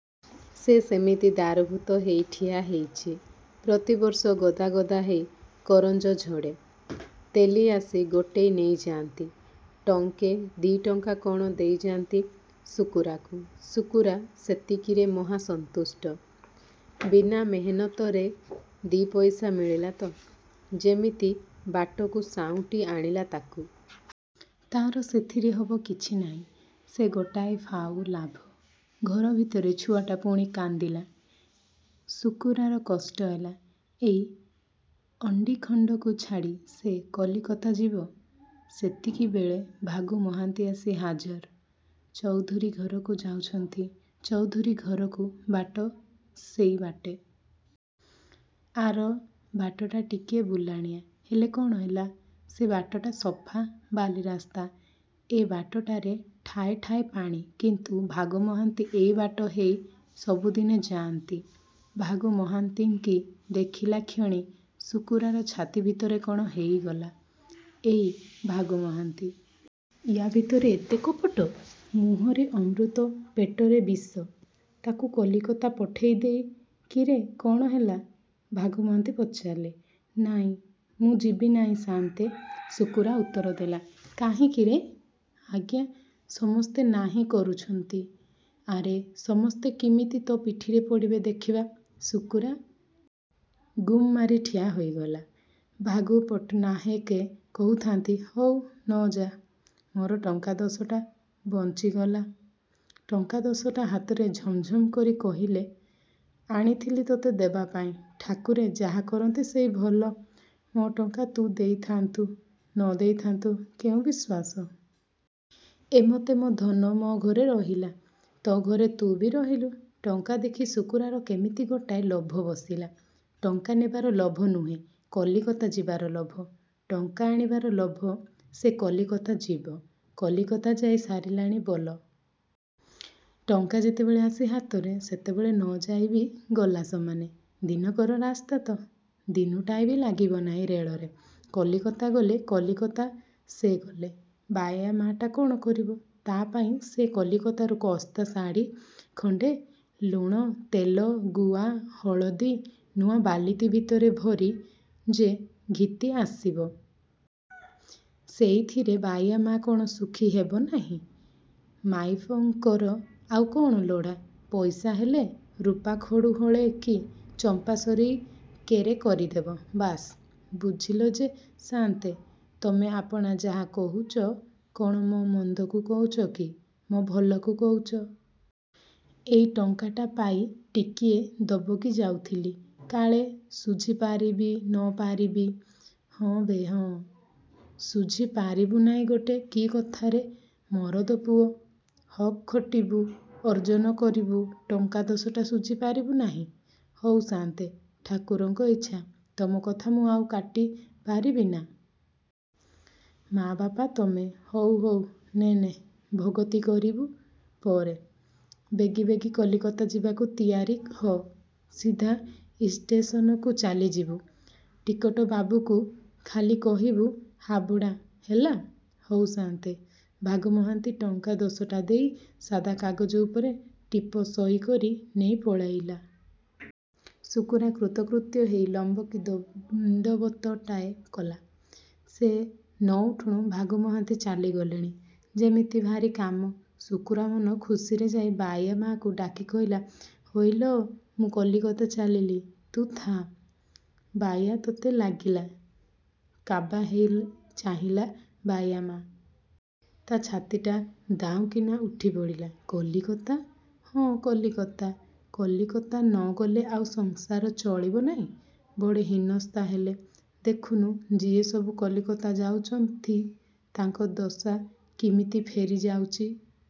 ସେ ସେମିତି ଦାରୁଭୂତ ହେଇ ଠିଆ ହେଇଛି। ପ୍ରତିବର୍ଷ ଗଦା ଗଦା ହେଇ କରଞ୍ଜ ଝଡ଼େ। ତେଲୀ ଆସି ଗୋଟେଇ ନେଇଯାନ୍ତି। ଟଙ୍କେ, ଦିଟଙ୍କା କ'ଣ ଦେଇଯାଆନ୍ତି ଶୁକୁରାକୁ। ଶୁକୁରା ସେତିକିରେ ମହା ସନ୍ତୁଷ୍ଟ। ବିନା ମେହେନତରେ ଦି' ପଇସା ମିଳିଲା ତ! ଯେମିତି ବାଟକୁ ସାଉଁଟି ଆଣିଲା ତାକୁ। ତା'ର ସେଥିରେ ହବ କିଛି ନାହିଁ। ସେ ଗୋଟାଏ ଫାଉ, ଲାଭ। ଘର ଭିତରେ ଛୁଆଟା ପୁଣି କାନ୍ଦିଲା। ଶୁକୁରାର କଷ୍ଟ ହେଲା। ଏଇ ଅଣ୍ଡିଖଣ୍ଡକୁ ଛାଡ଼ି ସେ କଲିକତା ଯିବ? ସେତିକିବେଳେ ଭାଗୁ ମହାନ୍ତି ଆସି ହାଜର। ଚଉଧୁରୀ ଘରକୁ ଯାଉଛନ୍ତି। ଚୌଧୁରୀ ଘରକୁ ବାଟ ସେଇ ବାଟେ। ଆର ବାଟଟା ଟିକିଏ ବୁଲାଣିଆ। ହେଲେ କ'ଣ ହେଲା? ସେ ବାଟଟା ସଫା, ବାଲିରାସ୍ତା। ଏ ବାଟଟାରେ ଠାଏ ଠାଏ ପାଣି। କିନ୍ତୁ ଭାଗୁ ମହାନ୍ତି ଏଇ ବାଟ ହେଇ ସବୁଦିନେ ଯାଆନ୍ତି। ଭାଗୁ ମହାନ୍ତିଙ୍କି ଦେଖିଲାକ୍ଷଣି ଶୁକୁରାର ଛାତି ଭିତରେ କ'ଣ ହେଇଗଲା। ଏଇ ଭାଗୁ ମହାନ୍ତି। ୟା ଭିତରେ ଏତେ କପଟ। ମୁହଁରେ ଅମୃତ, ପେଟରେ ବିଷ। ତାକୁ କଲିକତା ପଠେଇ ଦେଇ“କିରେ, କ'ଣ ହେଲା?” ଭାଗୁ ମହାନ୍ତି ପଚାରିଲେ।“ନାଇଁ, ମୁଁ ଯିବି ନାହିଁ ସାଆନ୍ତେ।” ଶୁକୁରା ଉତ୍ତର ଦେଲା।“କାହିଁକିରେ?”“ଆଜ୍ଞା, ସମସ୍ତେ ନାହିଁ କରୁଚନ୍ତି।”“ଆରେ, ସମସ୍ତେ କିମିତି ତୋ ପିଠିରେ ପଡ଼ିବେ ଦେଖିବା।”ଶୁକୁରା ଗୁମ୍ ମାରି ଠିଆ ହୋଇଗଲା। ଭାଗୁ ପଟ୍ଟନାହାକେ କହୁଥାନ୍ତି “ହଉ, ନ ଯା। ମୋର ଟଙ୍କା ଦଶଟା ବଞ୍ଚିଗଲା।”ଟଙ୍କା ଦଶଟା ହାତରେ ଝମଝମ୍ କରି କହିଲେ“ଆଣିଥିଲି ତୋତେ ଦେବାପାଇଁ। ଠାକୁରେ ଯାହା କରନ୍ତି ସେଇ ଭଲ। ମୋ ଟଙ୍କା ତୁ ଦେଇଥାଆନ୍ତୁ, ନ ଦେଇଥାନ୍ତୁ କେଉଁ ବିଶ୍ୱାସ! ଏମତେ ମୋ ଧନ ମୋ ଘରେ ରହିଲା। ତୋ ଘରେ ତୁ ବି ରହିଲୁ।”ଟଙ୍କା ଦେଖି ଶୁକୁରାର କେମିତି ଗୋଟାଏ ଲୋଭ ବସିଲା। ଟଙ୍କା ନେବାର ଲୋଭ ନୁହେଁ, କଲିକତା ଯିବାର ଲୋଭ। ଟଙ୍କା ଆଣିବାର ଲୋଭ। ସେ କଲିକତା ଯିବ। କଲିକତା ଯାଇ ସାରିଲାଣି ବୋଲ। ଟଙ୍କା ଯେତେବେଳେ ଆସି ହାତରେ, ସେତେବେଳେ ନ ଯାଇବି ଗଲା ସମାନେ। ଦିନକର ରାସ୍ତା ତ। ଦିନୁଟାଏବି ଲାଗିବ ନାହିଁ ରେଳରେ। କଲିକତା ଗଲେ କଲିକତା ସେ ଗଲେ, ବାୟାମାଟା କ'ଣ କରିବ? ତା'ପାଇଁ ସେ କଲିକତାରୁ କସ୍ତା ଶାଢ଼ି ଖଣ୍ଡେ, ଲୁଣ, ତେଲ, ଗୁଆ, ହଳଦି ନୂଆ ବାଲିତି ଭିତରେ ଭରି ଯେ ଘିତି ଆସିବ। ସେଇଥିରେ ବାଇୟା ମା କ'ଣ ସୁଖୀ ହେବ ନାହିଁ? ମାଇପଙ୍କର ଆଉ କ'ଣ ଲୋଡ଼ା? ପଇସା ହେଲେ ରୁପାଖଡ଼ୁ ହଳେ କି ଚମ୍ପାସରି କେରେ କରିଦେବ। ବାସ୍!“ବୁଝିଲ ଯେ ସାଆନ୍ତେ, ତମେ ଆପଣ ଯାହା କହୁଚ, କ'ଣ ମୋ ମନ୍ଦକୁ କହୁଚ କି? ମୋ ଭଲକୁ କହୁଚ। ଏଇ ଟଙ୍କାଟା ପାଇ ଟିକିଏ ଦବକି ଯାଉଥିଲି। କାଳେ ଶୁଝି ପାରିବି, ନ ପାରିବି।”“ହଁ ବେ, ହଁ। ଶୁଝି ପାରିବୁ ନାହିଁ ଗୋଟେ କି କଥାରେ! ମରଦପୁଅ, ହକ୍ ଖଟିବୁ, ଅର୍ଜକ କରିବୁ, ଟଙ୍କା ଦଶଟା ଶୁଝିପାରିବୁ ନାହିଁ?”“ହଉ ସାଆନ୍ତେ, ଠାକୁରଙ୍କ ଇଚ୍ଛା। ତମକଥା ମୁଁ ଆଉ କାଟି ପାରିବିନା? ମା ବାପ ତମେ।”“ହଉ, ହଉ, ନେ, ନେ। ଭଗତି କରିବୁ ପରେ। ବେଗି ବେଗି କଲିକତା ଯିବାକୁ ତିଆରି ହ। ସିଧା ଇଷ୍ଟେସନକୁ ଚାଲିଯିବୁ। ଟିକଟବାବୁକୁ ଖାଲି କହିବୁ ‘ହାବୁଡ଼ା’, ହେଲା?”“ହଉ ସାଆନ୍ତେ।”ଭାଗୁ ମହାନ୍ତି ଟଙ୍କା ଦଶଟା ଦେଇ ସାଦା କାଗଜ ଉପରେ ଟିପ ସଇ କରି ନେଇ ପଳେଇଲା। ଶୁକୁରା କୃତକୃତ୍ୟ ହେଇ ଲମ୍ବକି ଦଣ୍ଡବତଟାଏ କଲା। ସେ ନ ଉଠୁଣୁ ଭାଗୁ ମହାନ୍ତି ଚାଲିଗଲେଣି, ଯେମିତି ଭାରି କାମ! ଶୁକୁରା ମନ ଖୁସିରେ ଯାଇ ବାଇୟା ମାକୁ ଡାକି କହିଲା“ହଇଲୋ, ମୁଁ କଲିକତା ଚାଲିଲି। ତୁ ଥା, ବାଇୟା ତୋତେ ଲାଗିଲା।”କାବା ହେଇ ଚାହିଁଲା ବାଇୟାମା! ତା' ଛାତିଟା ଦାଉଁ କିନା ଉଠି ପଡ଼ିଲା।“କଲିକତା?”“ହଁ, କଲିକତା। କଲିକତା ନ ଗଲେ ଆଉ ସଂସାର ଚଳିବ ନାହିଁ। ବଡ଼ ହୀନସ୍ତା ହେଲେ। ଦେଖୁନୁ, ଯିଏ ସବୁ କଲିକତା ଯାଉଚନ୍ତି, ତାଙ୍କ ଦଶା କିମିତି ଫେରି ଯାଉଚି।”